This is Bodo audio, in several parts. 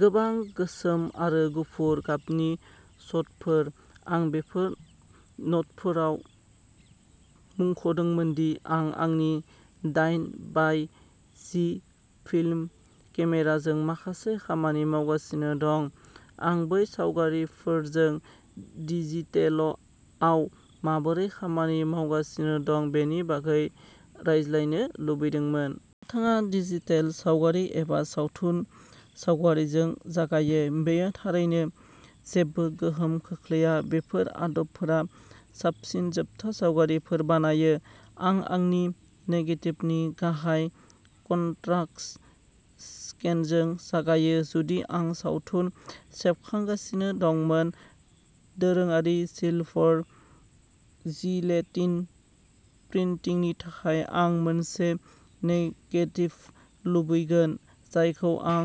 गोबां गोसोम आरो गुफुर गाबनि शटफोर। आं बेफोर न'टफोराव मुंख'दोंमोन दि आं आंनि दाइन बाय जि फिल्म केमेराजों माखासे खामानि मावगासिनो दं। आं बै सावगारिफोरजों डिजिटेल'आव माबोरै खामानि मावगासिनो दं बेनि बागै रायज्लायनो लुबैदोंमोन। नोंथाङा डिजिटेल सावगारि एबा सावथुन सावगारिजों जागायो, बेयो थारैनो जेबो गोहोम खोख्लैया बेफोर आदबफोरा साबसिन जोबथा सावगारिफोर बानायो। आं आंनि नेगेटिभनि गाहाय कनट्रास्ट स्केनजों जागायो। जुदि आं सावथुन सेबखांगासिनो दंमोन, दोरोङारि सिलभार जिलेटिन प्रिन्टिंनि थाखाय आं मोनसे नेगेटिभ लुबैगोन जायखौ आं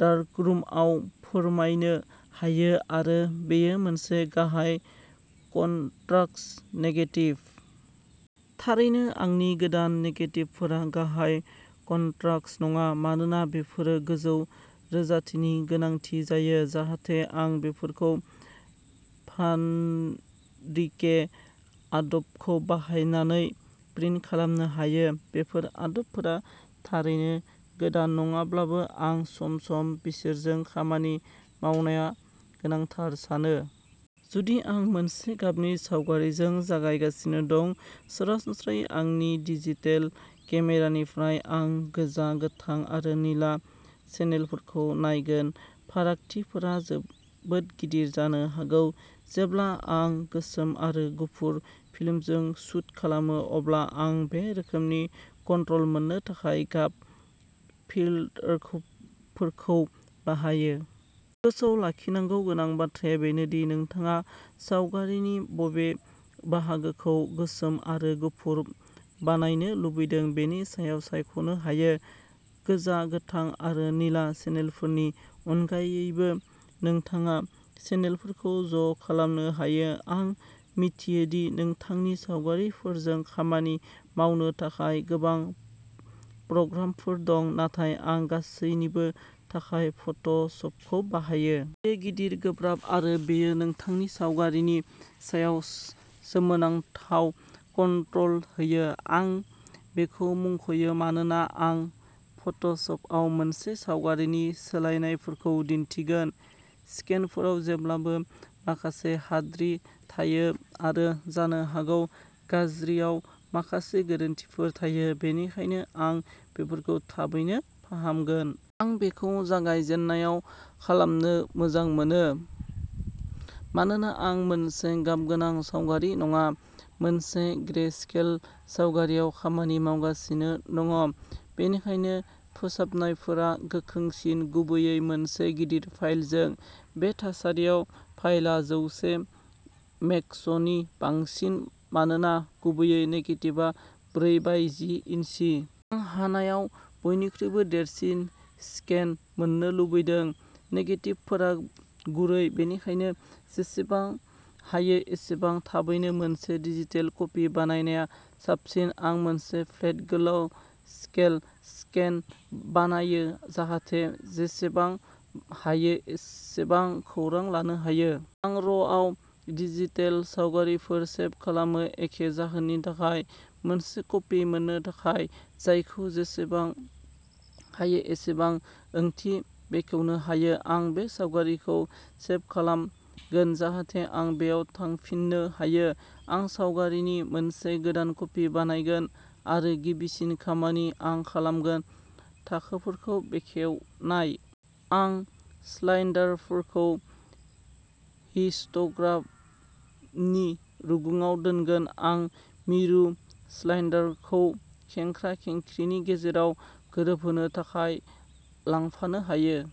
डार्करुमआव फोरमायनो हायो आरो बेयो मोनसे गाहाय कनट्राक्स्ट नेगेटिभ। थारैनो आंनि गोदान नेगेटिभफोरा गाहाय कनट्राक्स्ट नङा, मानोना बेफोरो गोजौ रोजाथिनि गोनांथि जायो जाहाथे आं बेफोरखौ भान्डिके आदबखौ बाहायनानै प्रिन्ट खालामनो हायो। बेफोर आदबफोरा थारैनो गोदान नङाब्लाबो आं सम-सम बिसोरजों खामानि मावनाया गोनांथार सानो। जुदि आं मोनसे गाबनि सावगारिजों जागायगासिनो दं, सरासनस्रायै आंनि डिजिटेल केमेरानिफ्राय, आं गोजा, गोथां आरो निला चेनेलफोरखौ नायगोन। फारागथिफोरा जोबोद गिदिर जानो हागौ। जेब्ला आं गोसोम आरो गुफुर फिल्मजों शुट खालामो, अब्ला आं बे रोखोमनि कन्ट्रल मोननो थाखाय गाब फिल्टारखौफोरखौ बाहायो। गोसोआव लाखिनांगौ गोनां बाथ्राया बेनो दि नोंथाङा सावगारिनि बबे बाहागोखौ गोसोम आरो गुफुर बानायनो लुबैदों बेनि सायाव सायख'नो हायो। गोजा, गोथां आरो निला चेनेलफोरनि अनगायैबो नोंथाङा चेनेलफोरखौ ज'खालामनो हायो। आं मिथियो दि नोंथांनि सावगारिफोरजों खामानि मावनो थाखाय गोबां प्रग्रामफोर दं, नाथाय आं गासैनिबो थाखाय फट'शपखौ बाहायो। बे गिदिर, गोब्राब आरो बेयो नोंथांनि सावगारिनि सायाव सोमोनांथाव कन्ट्रल होयो। आं बेखौ मुंख'यो मानोना आं फट'शपआव मोनसे सावगारिनि सोलायनायफोरखौ दिन्थिगोन। स्केनफोराव जेब्लाबो माखासे हाद्रि थायो आरो जानो हागौ गाज्रिआव माखासे गोरोन्थिफोर थायो, बेनिखायनो आं बेफोरखौ थाबैनो फाहामगोन। आं बेखौ जागायजेननायाव खालामनो मोजां मोनो। मानोना आं मोनसे गाबगोनां सावगारि नङा, मोनसे ग्रे-स्केल सावगारिआव खामानि मावगासिनो दङ', बेनिखायनो फोसाबनायफोरा गोख्रैसिन, गुबैयै मोनसे गिदिर फाइलजों। बे थासारियाव फाइलआ जौसे मेगस'नि बांसिन, मानोना गुबै नेगेटिभआ ब्रै बाय जि इन्सि। आं हानायाव बयनिख्रुइबो देरसिन स्केन मोननो लुगैदों। नेगेटिभफोरा गुरै, बेनिखायनो जेसेबां हायो एसेबां थाबैनो मोनसे डिजिटेल कपि बानायनाया साबसिन। आं मोनसे फ्लेट, गोलाव स्केल, स्केन बानायो जाहाथे जेसेबां हायो एसेबां खौरां लानो हायो। आं र’ आव डिजिटेल सावगारिफोर सेब खालामो एखे जाहोननि थाखायः मोनसे कपि मोननो थाखाय जायखौ जेसेबां हायो एसेबां ओंथि बेखेवनो हायो। आं बे सावगारिखौ सेब खालामगोन, जाहाथे आं बेयाव थांफिननो हायो। आं सावगारिनि मोनसे गोदान कपि बानायगोन, आरो गिबिसिन खामानि आं खालामगोन थाखोफोरखौ बेखेवनाय। आं स्लाइनडारफोरखौ हिस्ट'ग्रामनि रुगुङाव दोनगोन। आं मिरु स्लाइनडारखौ खेंख्रा खेंख्रिनि गेजेराव गोरोबहोनो थाखाय लांफानो हायो।